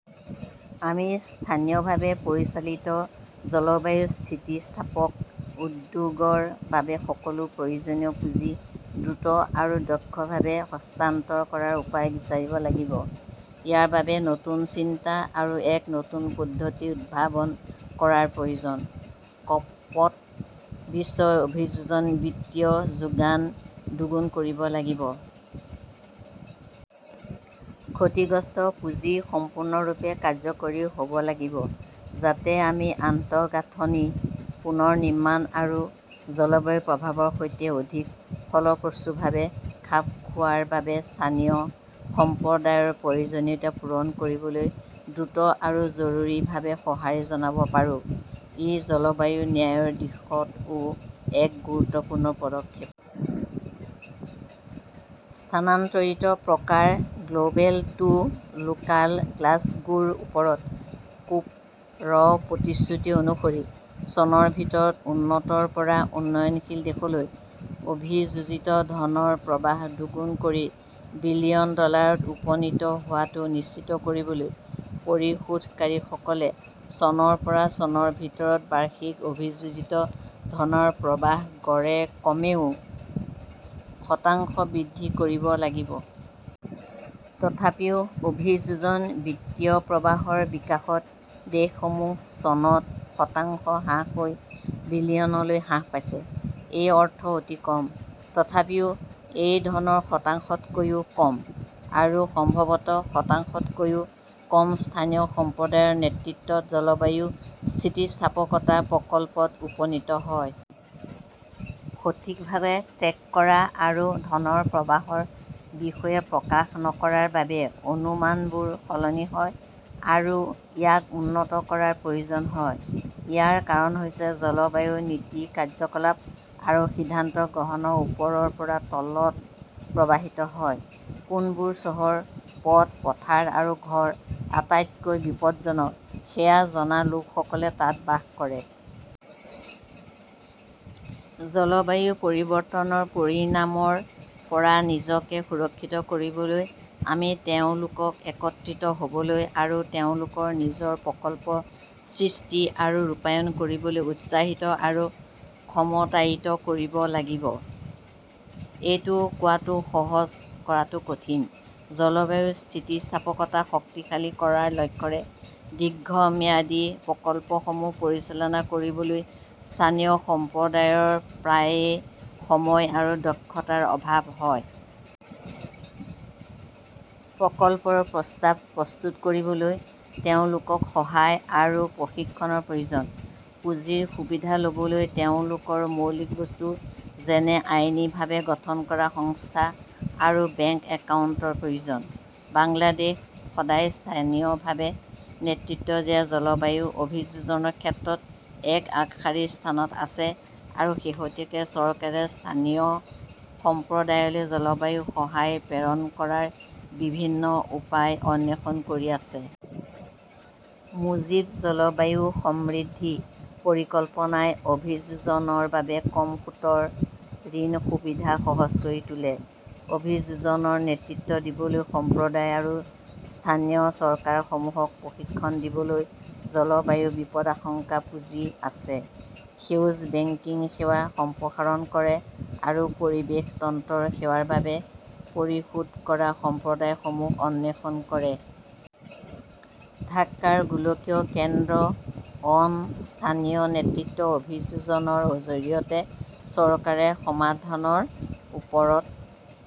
আমি স্থানীয়ভাৱে পৰিচালিত জলবায়ু-স্থিতিস্থাপক উদ্যোগৰ বাবে সকলো প্ৰয়োজনীয় পুঁজি দ্ৰুত আৰু দক্ষভাৱে হস্তান্তৰ কৰাৰ উপায় বিচাৰিব লাগিব। ইয়াৰ বাবে নতুন চিন্তা আৰু এক নতুন পদ্ধতি উদ্ভাৱন কৰাৰ প্ৰয়োজন। ক "প -ত বিশ্বই অভিযোজন বিত্তীয় যোগান দুগুণ কৰিব লাগিব। ক্ষতিগ্ৰস্ত পুঁজি সম্পূৰ্ণৰূপে কাৰ্যকৰী হ 'ব লাগিব, যাতে আমি আন্তঃগাঁথনি পুনৰ নিৰ্মাণ আৰু জলবায়ু প্ৰভাৱৰ সৈতে অধিক ফলপ্ৰসূভাৱে খাপ খোৱাৰ বাবে স্থানীয় সম্প্ৰদায়ৰ প্ৰয়োজনীয়তা পূৰণ কৰিবলৈ দ্ৰুত আৰু জৰুৰীভাৱে সঁহাৰি জনাব পাৰোঁ। ই জলবায়ু ন্যায়ৰ দিশতও এক গুৰুত্বপূৰ্ণ পদক্ষেপ। স্থানান্তৰিত প্ৰকাৰ গ্ল "বেল টু লোকাল গ্লাছগোৰ ওপৰত কোপ -ৰ প্ৰতিশ্ৰুতি অনুসৰি, চনৰ ভিতৰত উন্নতৰ পৰা উন্নয়নশীল দেশলৈ অভিযোজিত ধনৰ প্ৰৱাহ দুগুণ কৰি বিলিয়ন ডলাৰত উপনীত হোৱাটো নিশ্চিত কৰিবলৈ পৰিশোধকাৰীসকলে চনৰ পৰা চনৰ ভিতৰত বাৰ্ষিক অভিযোজিত ধনৰ প্ৰৱাহ গড়ে কমেও শতাংশ বৃদ্ধি কৰিব লাগিব। তথাপিও অভিযোজন বিত্তীয় প্ৰৱাহৰ বিকাশত দেশসমূহ চনত শতাংশ হ্ৰাস হৈ বিলিয়নলৈ হ্ৰাস পাইছে। এই অৰ্থ অতি কম। তথাপিও এই ধনৰ শতাংশতকৈও কম, আৰু সম্ভৱতঃ শতাংশতকৈও কম স্থানীয় সম্প্ৰদায়ৰ নেতৃত্বত জলবায়ু-স্থিতিস্থাপকতা প্ৰকল্পত উপনীত হয়। সঠিকভাৱে ট্ৰেক কৰা আৰু ধনৰ প্ৰবাহৰ বিষয়ে প্ৰকাশ নকৰাৰ বাবে অনুমানবোৰ সলনি হয় আৰু ইয়াক উন্নত কৰাৰ প্ৰয়োজন হয়। ইয়াৰ কাৰণ হৈছে জলবায়ু নীতি-কাৰ্যকলাপ আৰু সিদ্ধান্ত গ্ৰহণ ওপৰৰ পৰা তলত প্ৰৱাহিত হয়। কোনবোৰ চহৰ, পথ, পথাৰ আৰু ঘৰ আটাইতকৈ বিপদজনক সেয়া জনা লোকসকলে তাত বাস কৰে। জলবায়ু পৰিৱৰ্তনৰ পৰিণামৰ পৰা নিজকে সুৰক্ষিত কৰিবলৈ আমি তেওঁলোকক একত্ৰিত হ 'বলৈ আৰু তেওঁলোকৰ নিজৰ প্ৰকল্প সৃষ্টি আৰু ৰূপায়ণ কৰিবলৈ উৎসাহিত আৰু ক্ষমতায়িত কৰিব লাগিব। এইটো কোৱাটো সহজ, কৰাটো কঠিন। জলবায়ু স্থিতিস্থাপকতা শক্তিশালী কৰাৰ লক্ষ্যৰে দীৰ্ঘম্যাদী প্ৰকল্পসমূহ পৰিচালনা কৰিবলৈ স্থানীয় সম্প্ৰদায়ৰ প্ৰায়ে সময় আৰু দক্ষতাৰ অভাৱ হয়। প্ৰকল্পৰ প্ৰস্তাৱ প্ৰস্তুত কৰিবলৈ তেওঁলোকক সহায় আৰু প্ৰশিক্ষণৰ প্ৰয়োজন। পুঁজিৰ সুবিধা ল "বলৈ তেওঁলোকৰ মৌলিক বস্তু যেনে আইনীভাৱে গঠন কৰা সংস্থা আৰু বেংক একাউণ্টৰ প্ৰয়োজন। বাংলাদেশ সদায় স্থানীয়ভাৱে নেতৃত্ব দিয়া জলবায়ু অভিযোজনৰ ক্ষেত্ৰত এক আগশাৰীৰ স্থানত আছে আৰু শেহতীয়াকৈ চৰকাৰে স্থানীয় সম্প্ৰদায়লৈ জলবায়ু সহায় প্ৰেৰণ কৰাৰ বিভিন্ন উপায় অন্বেষণ কৰি আছে। মুজীব জলবায়ু সমৃদ্ধি পৰিকল্পনাই অভিযোজনৰ বাবে কম সুতৰ ঋণ সুবিধা সহজ কৰি তোলে, অভিযোজনৰ নেতৃত্ব দিবলৈ সম্প্ৰদায় আৰু স্থানীয় চৰকাৰসমূহক প্ৰশিক্ষণ দিবলৈ জলবায়ু বিপদাশংকা পুঁজি আছে, সেউজ বেংকিং সেৱা সম্প্ৰসাৰণ কৰে আৰু পৰিৱেশ তন্ত্ৰৰ সেৱাৰ বাবে পৰিশোধ কৰা সম্প্ৰদায়সমূহ অন্বেষণ কৰে। ঢাকাৰ গোলকীয় কেন্দ্ৰ অন স্থানীয় নেতৃত্ব অভিযোজনৰ জৰিয়তে চৰকাৰে সমাধানৰ ওপৰত